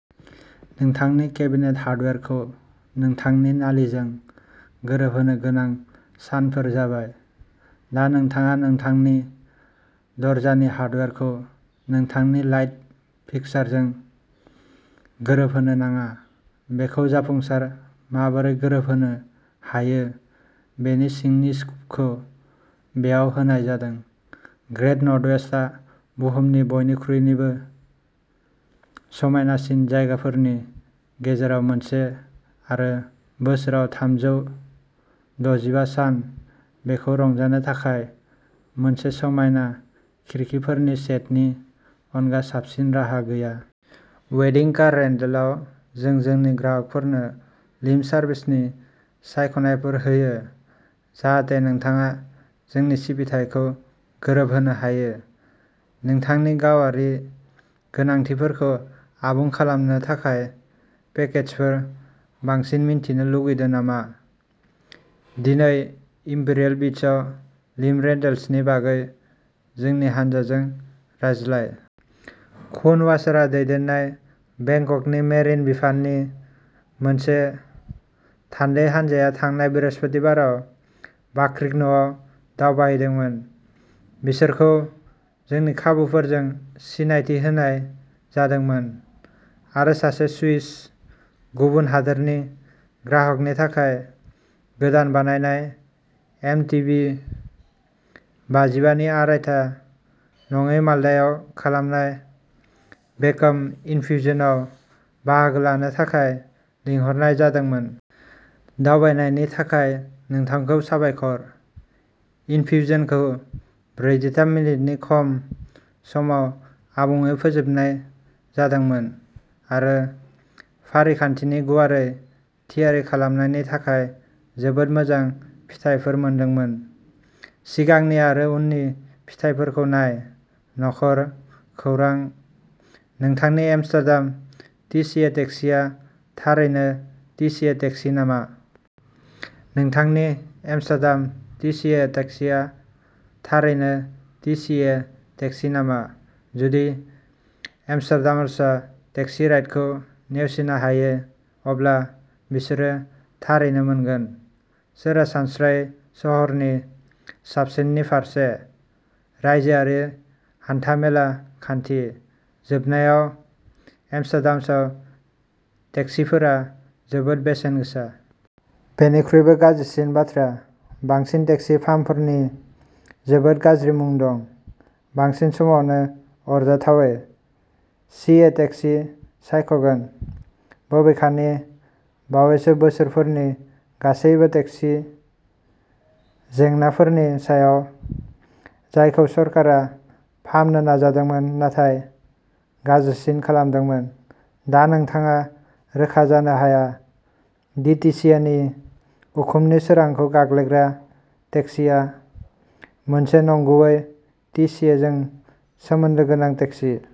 नोंथांनि केबिनेट हार्डवेरखौ नोंथांनि नलिजों गोरोबहोनो गोनां सानफोर जाबाय। दा नोंथाङा नोंथांनि दरजानि हार्डवेरखौ नोंथांनि लाइट फिक्सचारजों गोरोबहोनो नाङा। बेखौ जाफुंसारै माबोरै गोरोबहोनो हायो बेनि सिंनि स्कुपखौ बेयाव होनाय जादों। ग्रेट नर्थवेस्टआ बुहुमनि बयनिख्रुइबो समायनासिन जायगाफोरनि गेजेराव मोनसे आरो बोसोराव थामजौ दजिबा सान बेखौ रंजानो थाखाय मोनसे समायना खिरखिफोरनि सेटनि अनगा साबसिन राहा गैया। वेडिं कार रेन्टेलआव जों जोंनि ग्राहकफोरनो लिम' सार्भिसनि सायख'नायफोर होयो, जाहाथे नोंथाङा जोंनि सिबिथाइखौ गोरोबहोनो हायो। नोंथांनि गावारि गोनांथिफोरखौ आबुं खालामनो थाखाय पेकेजफोर। बांसिन मिथिनो लुगैदों नामा? दिनै इम्पेरियेल बीचआव लिम'रेन्टेल्सनि बागै जोंनि हानजाजों रायज्लाय। खुन वाचारा दैदेननाय बेंककनि मेरिन बिफाननि मोनसे थान्दै हान्जाया थांनाय बृहस्पतिबाराव बाक्रिक न'आव दावबायहैदोंमोन। बिसोरखौ जोंनि खाबुफोरजों सिनायथि होनाय जादोंमोन आरो सासे स्विस गुबुन हादोरारि ग्राहकनि थाखाय गोदान बानायनाय एम टि भि बाजिबा नि आरायथा नङै माल्डआव खालामनाय भेकाम इनफ्युजनआव बाहागो लानो थाखाय लिंहरनाय जादोंमोन। दावबायनायनि थाखाय नोंथांखौ साबायखर। इनफ्युजनखौ ब्रैजिथाम मिनिटनि खम समाव आबुङै फोजोबनाय जादोंमोन आरो फारिखान्थिनि गुवारै थियारि खालामनायनि थाखाय जोबोद मोजां फिथायफोर मोनदोंमोन। सिगांनि आरो उननि फिथायफोरखौ नाय। न'खर। खौरां। नोंथांनि आमस्टारडाम टि सि ए टेक्सीआ थारैनो टि सि ए टेक्सी नामा? नोंथांनि आमस्टारडाम टि सि ए टेक्सीआ थारैनो टि सि ए टेक्सी नामा? जुदि आमस्टारडामार्सआ टेक्सी राइडखौ नेवसिनो हायो, अब्ला बिसोरो थारैनो मोनगोन सरासनस्रायै सोहोरनि साबसिननि फारसे। रायजोआरि हान्था-मेला खान्थि। जोबनायाव, एम्स्टार्डामआव टेक्सिफोरा जोबोद बेसेन गोसा। बेनिख्रुइबो गाज्रिसिन बाथ्रा, बांसिन टेक्सि फार्मफोर नि जोबोद गाज्रि मुं दं बांसिन समावनो, आरजाथावै। सि ए टेक्सि सायख'गोन।। बबेखानि, बावैसो बोसोरफोरनि गासैबो टेक्सि जेंनाफोरनि सायाव जायखौ सोरखारा फाहामनो नाजादोंमोन नाथाय गाज्रिसिन खालामदोंमोन दा नोंथाङा रोखा जानो हाया डि टि सि ए नि उखुमनि सोरांखौ गेलेग्रा टेक्सिआ मोनसे नंगुबै टि सि ए जों सोमोन्दो गोनां टेक्सि।